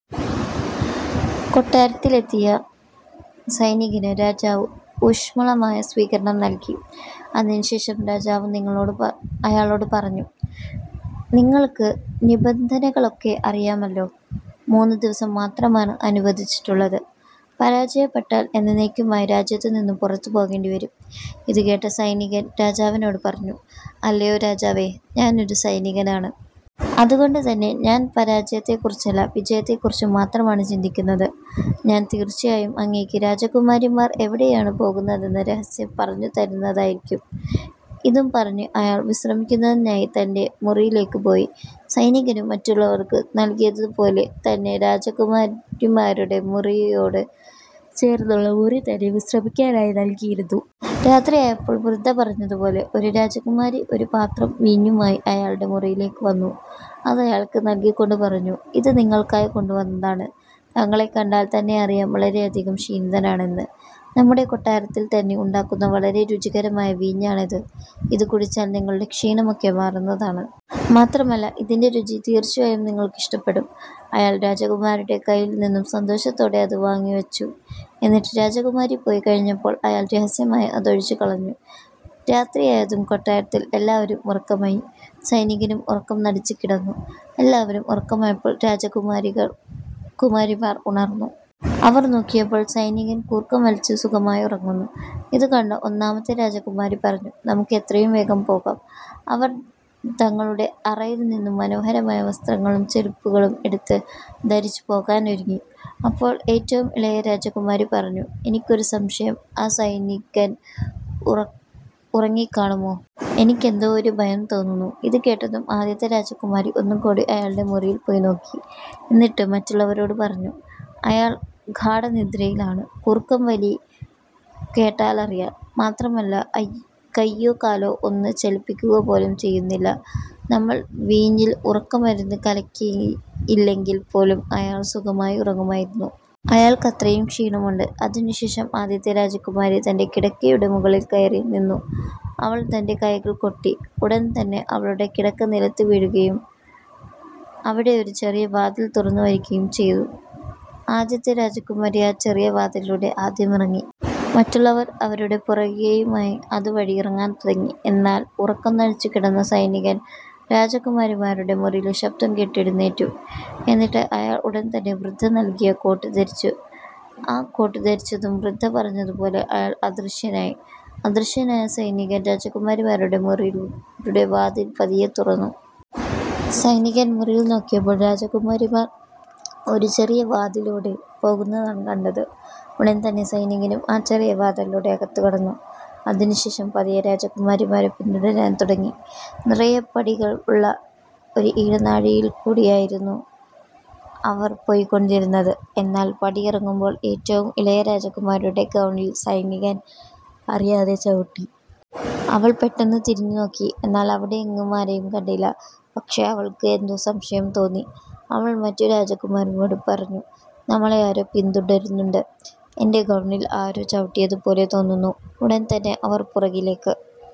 കൊട്ടാരത്തിലെത്തിയ സൈനികന് രാജാവ് ഊഷ്മളമായ സ്വീകരണം നൽകി. അതിനു ശേഷം രാജാവ് അയാളോട് പറഞ്ഞു. "നിങ്ങൾക്ക് നിബന്ധനകളൊക്കെ അറിയാമല്ലോ. മൂന്ന് ദിവസം മാത്രമാണ് അനുവദിച്ചിട്ടുള്ളത്. പരാജയപ്പെട്ടാൽ എന്നെന്നേക്കുമായി രാജ്യത്തു നിന്നു പുറത്തു പോകേണ്ടിവരും. " ഇതുകേട്ട സൈനികൻ രാജാവിനോട് പറഞ്ഞു "അല്ലയോ രാജാവേ, ഞാനൊരു സൈനികനാണ്. അതുകൊണ്ടു തന്നെ ഞാൻ പരാജയത്തെക്കുറിച്ചല്ല വിജയത്തെക്കുറിച്ച് മാത്രമാണ് ചിന്തിക്കുന്നത്. ഞാൻ തീർച്ചയായും അങ്ങേയ്ക്ക് രാജകുമാരിമാർ എവിടെയാണ് പോകുന്നതെന്ന രഹസ്യം പറഞ്ഞു തരുന്നതായിരിക്കും. " ഇതും പറഞ്ഞ് അയാൾ വിശ്രമിക്കുന്നതിനായി തൻ്റെ മുറിയിലേക്ക് പോയി. സൈനികനും മറ്റുള്ളവർക്ക് നൽകിയതു പോലെ തന്നെ രാജകുമാരിമാരുടെ മുറിയോട് ചേർന്നുള്ള മുറി തന്നെ വിശ്രമിക്കാനായി നൽകിയിരുന്നു. രാത്രിയായപ്പോൾ വൃദ്ധ പറഞ്ഞതുപോലെ ഒരു രാജകുമാരി ഒരു പാത്രം വീഞ്ഞുമായി അയാളുടെ മുറിയിലേക്ക് വന്നു. അതയാൾക്ക് നൽകിക്കൊണ്ട് പറഞ്ഞു. "ഇത് നിങ്ങൾക്കായി കൊണ്ടുവന്നതാണ്. താങ്കളെ കണ്ടാൽ തന്നെ അറിയാം വളരെയധികം ക്ഷീണിതനാണെന്ന്. നമ്മുടെ കൊട്ടാരത്തിൽ തന്നെ ഉണ്ടാക്കുന്ന വളരെ രുചികരമായ വീഞ്ഞാണിത്. ഇതു കുടിച്ചാൽ നിങ്ങളുടെ ക്ഷീണമൊക്കെ മാറുന്നതാണ്. മാത്രമല്ല ഇതിൻ്റെ രുചി തീർച്ചയായും നിങ്ങൾക്ക് ഇഷ്ടപ്പെടും. " അയാൾ രാജകുമാരിയുടെ കയ്യിൽനിന്നും സന്തോഷത്തോടെ അത് വാങ്ങി വച്ചു. എന്നിട്ട് രാജകുമാരി പോയി കഴിഞ്ഞപ്പോൾ അയാൾ രഹസ്യമായി അതൊഴിച്ചു കളഞ്ഞു. രാത്രിയായതും കൊട്ടാരത്തിൽ എല്ലാവരും ഉറക്കമായി. സൈനികനും ഉറക്കം നടിച്ചു കിടന്നു. എല്ലാവരും ഉറക്കമായപ്പോൾ രാജകുമാരിമാർ ഉണർന്നു. അവർ നോക്കിയപ്പോൾ സൈനികൻ കൂർക്കം വലിച്ചു സുഖമായി ഉറങ്ങുന്നു. ഇതുകണ്ട ഒന്നാമത്തെ രാജകുമാരി പറഞ്ഞു നമുക്ക് എത്രയും വേഗം പോകാം. അവർ തങ്ങളുടെ അറയിൽ നിന്നും മനോഹരമായ വസ്ത്രങ്ങളും ചെരിപ്പുകളും എടുത്തു ധരിച്ച് പോകാനൊരുങ്ങി. അപ്പോൾ ഏറ്റവും ഇളയ രാജകുമാരി പറഞ്ഞു "എനിക്കൊരു സംശയം ആ സൈനികൻ ഉറങ്ങിക്കാണുമോ? എനിക്കെന്തോ ഒരു ഭയം തോന്നുന്നു. " ഇതുകേട്ടതും ആദ്യത്തെ രാജകുമാരി ഒന്നുകൂടി അയാളുടെ മുറിയിൽ പോയി നോക്കി. എന്നിട്ടു മറ്റുള്ളവരോട് പറഞ്ഞു "അയാൾ ഗാഢനിദ്രയിലാണ്. കൂർക്കംവലി കേട്ടാലറിയാം. മാത്രമല്ല കയ്യോ കാലോ ഒന്ന് ചലിപ്പിക്കുക പോലും ചെയ്യുന്നില്ല. നമ്മൾ വീഞ്ഞിൽ ഉറക്കമരുന്നു കലക്കിയില്ലെങ്കിൽ പോലും അയാൾ സുഖമായി ഉറങ്ങുമായിരുന്നു. അയാൾക്ക് അത്രയും ക്ഷീണമുണ്ട്. " അതിനുശേഷം ആദ്യത്തെ രാജകുമാരി തൻ്റെ കിടക്കയുടെ മുകളിൽ കയറി നിന്നു. അവൾ തൻ്റെ കൈകൾ കൊട്ടി. ഉടൻതന്നെ അവളുടെ കിടക്ക നിലത്തു വീഴുകയും അവിടെ ഒരു ചെറിയ വാതിൽ തുറന്നു വരുകയും ചെയ്തു. ആദ്യത്തെ രാജകുമാരി ആ ചെറിയ വാതിലൂടെ ആദ്യം ഇറങ്ങി. മറ്റുള്ളവർ അവരുടെ പുറകെയുമായി അതു വഴി ഇറങ്ങാൻ തുടങ്ങി. എന്നാൽ ഉറക്കം നടിച്ചു കിടന്ന സൈനികൻ രാജകുമാരിമാരുടെ മുറിയിലെ ശബ്ദം കേട്ട് എഴുന്നേറ്റു. എന്നിട്ട് അയാൾ ഉടൻതന്നെ വൃദ്ധ നൽകിയ കോട്ടു ധരിച്ചു. ആ കോട്ട് ധരിച്ചതും വൃദ്ധ പറഞ്ഞതുപോലെ അയാൾ അദൃശനായി. അദൃശനായ സൈനികൻ രാജകുമാരിമാരുടെ മുറിയുടെ വാതിൽ പതിയെ തുറന്നു. സൈനികൻ മുറിയിൽ നോക്കിയപ്പോൾ രാജകുമാരിമാർ ഒരു ചെറിയ വാതിലൂടെ പോകുന്നതാണ് കണ്ടത്. ഉടൻതന്നെ സൈനികനും ആ ചെറിയ വാതിലിലൂടെ അകത്തു കടന്നു. അതിനു ശേഷം പതിയെ രാജകുമാരിമാരെ പിന്തുടരാൻ തുടങ്ങി. നിറയെ പടികൾ ഉള്ള ഒരു ഇടനാഴിയിൽകൂടി ആയിരുന്നു അവർ പോയികൊണ്ടിരുന്നത്. എന്നാൽ പടിയിറങ്ങുമ്പോൾ ഏറ്റവും ഇളയ രാജകുമാരിയുടെ ഗൗണിൽ സൈനികൻ അറിയാതെ ചവിട്ടി. അവൾ പെട്ടെന്ന് തിരിഞ്ഞുനോക്കി. എന്നാൽ അവിടെയെങ്ങും ആരെയും കണ്ടില്ല. പക്ഷേ അവൾക്ക് എന്തോ സംശയം തോന്നി. അവൾ മറ്റു രാജകുമാരിമാരോട് പറഞ്ഞു "നമ്മളെ ആരോ പിന്തുടരുന്നുണ്ട്. എൻ്റെ ഗൗണിൽ ആരോ ചവിട്ടിയതു പോലെ തോന്നുന്നു. " ഉടൻ തന്നെ അവർ പുറകിലേക്ക്